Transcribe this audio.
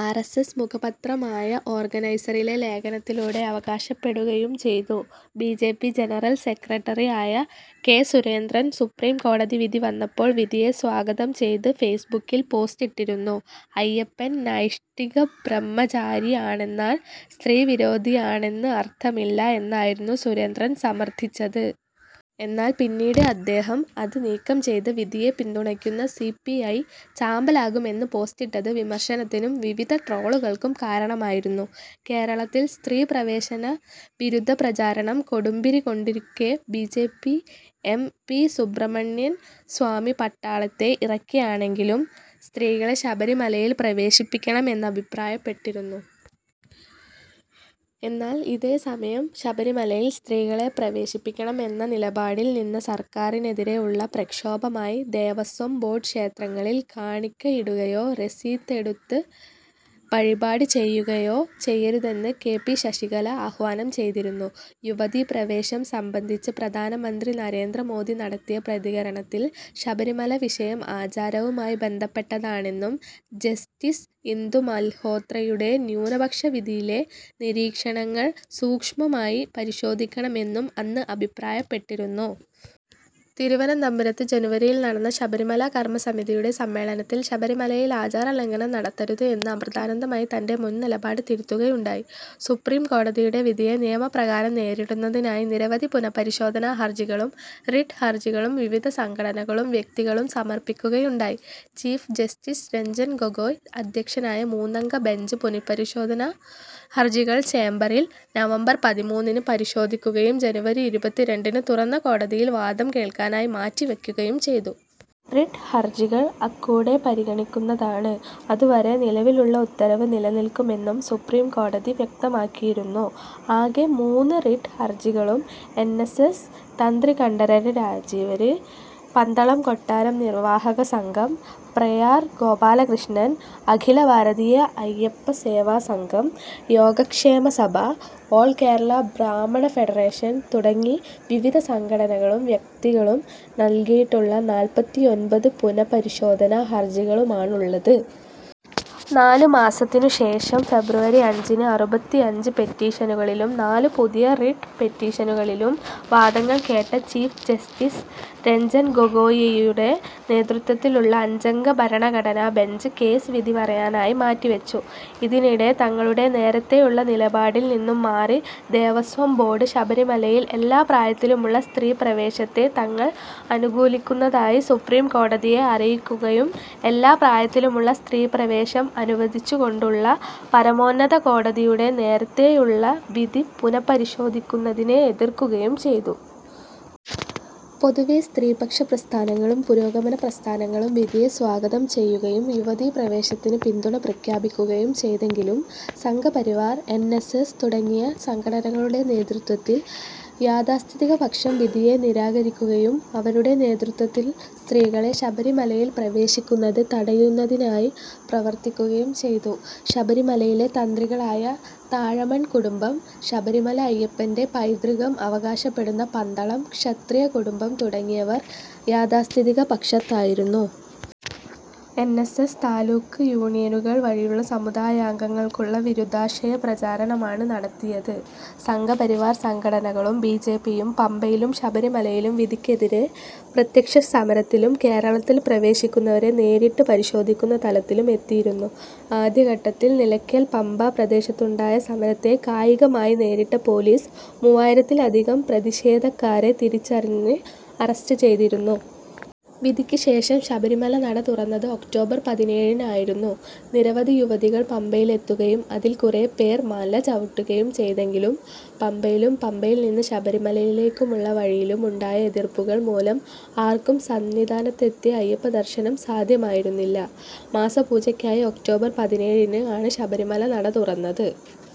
R .S. S. മുഖപത്രമായ ഓർഗനൈസറിലെ ലേഖനത്തിലൂടെ അവകാശപ്പെടുകയും ചെയ്തു. B. J. P. General secretary ആയ കെ. സുരേന്ദ്രൻ സുപ്രീം കോടതി വിധി വന്നപ്പോൾ വിധിയെ സ്വാഗതം ചെയ്ത് ഫേസ്ബുക്കിൽ പോസ്റ്റിട്ടിരുന്നു. അയ്യപ്പൻ നൈഷ്ഠികബ്രഹ്മചാരി ആണെന്നാൽ സ്ത്രീവിരോധി ആണെന്ന് അർത്ഥമില്ല എന്നായിരുന്നു സുരേന്ദ്രൻ സമർത്ഥിച്ചത്. എന്നാൽ പിന്നീട് അദ്ദേഹം അത് നീക്കം ചെയ്ത് വിധിയെ പിന്തുണയ്ക്കുന്ന സി. പി. ഐ. ചാമ്പലാകും എന്ന് പോസ്റ്റിട്ടത് വിമർശനത്തിനും വിവിധ ട്രോളുകൾക്കും കാരണമായിരുന്നു. കേരളത്തിൽ സ്ത്രീ പ്രവേശന വിരുദ്ധ പ്രചരണം കൊടുമ്പിരി കൊണ്ടിരിക്കെ B. J. P, M. P. Subramanian Swamy പട്ടാളത്തെ ഇറക്കിയാണെങ്കിലും സ്ത്രീകളെ ശബരിമലയിൽ പ്രവേശിപ്പിക്കണം എന്നഭിപ്രായപ്പെട്ടിരുന്നു. എന്നാൽ ഇതേ സമയം ശബരിമലയിൽ സ്ത്രീകളെ പ്രവേശിപ്പിക്കണം എന്ന നിലപാടിൽ നിന്ന സർക്കാരിനെതിരെ ഉള്ള പ്രക്ഷോഭമായി ദേവസ്വം ബോർഡ് ക്ഷേത്രങ്ങളിൽ കാണിക്കയിടുകയോ രസീതെടുത്ത് വഴിപാട് ചെയ്യുകയോ ചെയ്യരുതെന്ന് കെ. പി. ശശികല ആഹ്വാനം ചെയ്തിരുന്നു. യുവതീപ്രവേശം സംബന്ധിച്ച് പ്രധാനമന്ത്രി നരേന്ദ്ര മോദി നടത്തിയ പ്രതികരണത്തിൽ, ശബരിമല വിഷയം ആചാരവുമായി ബന്ധപ്പെട്ടതാണെന്നും ജസ്റ്റിസ് ഇന്ദു മൽഹോത്രയുടെ ന്യൂനപക്ഷ വിധിയിലെ നിരീക്ഷണങ്ങൾ സൂക്ഷ്മമായി പരിശോധിക്കണമെന്നും അന്ന് അഭിപ്രായപ്പെട്ടിരുന്നു. തിരുവനന്തപുരത്ത് ജനുവരിയിൽ നടന്ന ശബരിമല കർമ്മസമിതിയുടെ സമ്മേളനത്തിൽ ശബരിമലയിൽ ആചാരലംഘനം നടത്തരുത് എന്ന് അമൃതാനന്ദമയി തന്റെ മുൻനിലപാട് തിരുത്തുകയുണ്ടായി. സുപ്രീം കോടതിയുടെ വിധിയെ നിയമപ്രകാരം നേരിടുന്നതിനായി നിരവധി പുനഃപരിശോധനാ ഹർജികളും റിട്ട് ഹർജികളും വിവിധ സംഘടനകളും വ്യക്തികളും സമർപ്പിക്കുകയുണ്ടായി. ചീഫ് ജസ്റ്റിസ് രഞ്ജൻ ഗൊഗോയ് അദ്ധ്യക്ഷനായ മൂന്നംഗ ബെഞ്ച് പുനഃപരിശോധനാ ഹർജികൾ ചേംബറിൽ, നവംബർ പതിമൂന്നിന് പരിശോധിക്കുകയും ജനുവരി ഇരുപത്തിരണ്ടിന് തുറന്ന കോടതിയിൽ വാദം കേൾക്കാനായി മാറ്റി വെക്കുകയും ചെയ്തു. റിട്ട് ഹർജികൾ അക്കൂടെ പരിഗണിക്കുന്നതാണ്. അതുവരെ നിലവിലുള്ള ഉത്തരവ് നിലനിൽക്കുമെന്നും സുപ്രീം കോടതി വ്യക്തമാക്കിയിരുന്നു. ആകെ മൂന്ന് റിട്ട് ഹർജികളും എൻ. എസ്. എസ്, തന്ത്രി കണ്ഠരര് രാജീവര്, പന്തളം കൊട്ടാരം നിർവാഹക സംഘം, പ്രയാർ ഗോപാലകൃഷ്ണൻ, അഖില ഭാരതീയ അയ്യപ്പ സേവാ സംഘം, യോഗക്ഷേമ സഭ, ഓൾ കേരള ബ്രാഹ്മണ ഫെഡറേഷൻ തുടങ്ങി വിവിധ സംഘടനകളും വ്യക്തികളും നൽകിയിട്ടുള്ള നാല്പത്തിയൊൻമ്പത് പുനഃപരിശോധനാ ഹർജികളുമാണുള്ളത്. നാലുമാസത്തിനുശേഷം ഫെബ്രുവരി അഞ്ചിന് അറുപത്തിഅഞ്ച് പെറ്റീഷനുകളിലും നാല് പുതിയ റിട്ട് പെറ്റീഷനുകളിലും വാദങ്ങൾ കേട്ട ചീഫ് ജസ്റ്റിസ് രഞ്ജൻ ഗൊഗോയിയുടെ നേതൃത്വത്തിലുള്ള അഞ്ചംഗഭരണഘടനാബെഞ്ച് കേസ് വിധിപറയാനായി മാറ്റിവച്ചു. ഇതിനിടെ തങ്ങളുടെ നേരത്തെയുള്ള നിലപാടിൽ നിന്നും മാറി ദേവസ്വം ബോർഡ് ശബരിമലയിൽ എല്ലാപ്രായത്തിലുമുള്ള സ്ത്രീപ്രവേശത്തെ തങ്ങൾ അനുകൂലിക്കുന്നതായി സുപ്രീം കോടതിയെ അറിയിക്കുകയും എല്ലാപ്രായത്തിലുമുള്ള സ്ത്രീപ്രവേശം അനുവദിച്ചുകൊണ്ടുള്ള പരമോന്നതകോടതിയുടെ നേരത്തെയുള്ള വിധി പുനഃപരിശോധിക്കുന്നതിനെ എതിർക്കുകയും ചെയ്തു. പൊതുവേ സ്ത്രീപക്ഷ പ്രസ്ഥാനങ്ങളും പുരോഗമനപ്രസ്ഥാനങ്ങളും വിധിയെ സ്വാഗതം ചെയ്യുകയും യുവതീപ്രവേശനത്തിന് പിന്തുണപ്രഖ്യാപിക്കുകയും ചെയ്തെങ്കിലും; സംഘപരിവാർ, എൻ. എസ്. എസ്. തുടങ്ങിയ സംഘടനകളുടെ നേതൃത്വത്തിൽ യാഥാസ്ഥിതികപക്ഷം വിധിയെ നിരാകരിക്കുകയും അവരുടെ നേതൃത്വത്തിൽ സ്ത്രീകളെ ശബരിമലയിൽ പ്രവേശിക്കുന്നത് തടയുന്നതിനായി പ്രവർത്തിക്കുകയും ചെയ്തു. ശബരിമലയിലെ തന്ത്രികളായ താഴമൺ കുടുംബം, ശബരിമല അയ്യപ്പന്റെ പൈതൃകം അവകാശപ്പെടുന്ന പന്തളം ക്ഷത്രിയ കുടുംബം തുടങ്ങിയവർ യാഥാസ്ഥിതിക പക്ഷത്തായിരുന്നു. എൻ. എസ്. എസ്., താലൂക്ക് യൂണിയനുകൾ വഴിയുള്ള സമുദായാംഗങ്ങൾക്കുള്ള വിരുദ്ധാശയ പ്രചരണമാണ് നടത്തിയത്. സംഘപരിവാർ സംഘടനകളും ബി. ജെ. പി. യും പമ്പയിലും ശബരിമലയിലും വിധിക്കെതിരെ പ്രത്യക്ഷസമരത്തിലും, ക്ഷേത്രത്തിൽ പ്രവേശിക്കുന്നവരെ നേരിട്ട് പരിശോധിക്കുന്ന തലത്തിലും എത്തിയിരുന്നു. ആദ്യഘട്ടത്തിൽ നിലയ്ക്കൽ-പമ്പ പ്രദേശത്തുണ്ടായ സമരത്തെ കായികമായി നേരിട്ട പോലീസ് മൂവായിരത്തിലധികം പ്രതിഷേധക്കാരെ തിരിച്ചറിഞ്ഞ് അറസ്റ്റ് ചെയ്തിരുന്നു. വിധിക്ക് ശേഷം ശബരിമല നട തുറന്നത് ഒക്ടോബർ പതിനേഴിന് ആയിരുന്നു. നിരവധി യുവതികൾ പമ്പയിലെത്തുകയും അതിൽ കുറേപ്പേർ മലചവിട്ടുകയും ചെയ്തെങ്കിലും, പമ്പയിലും പമ്പയിൽ നിന്ന് ശബരിമലയിലേക്കുമുള്ള വഴിയിലും ഉണ്ടായ എതിർപ്പുകൾ മൂലം ആർക്കും സന്നിധാനത്തെത്തി അയ്യപ്പദർശനം സാദ്ധ്യമായിരുന്നില്ല. മാസപൂജയ്ക്കായി ഒക്ടോബർ പതിനേഴിന് ആണ് ശബരിമല നട തുറന്നത്.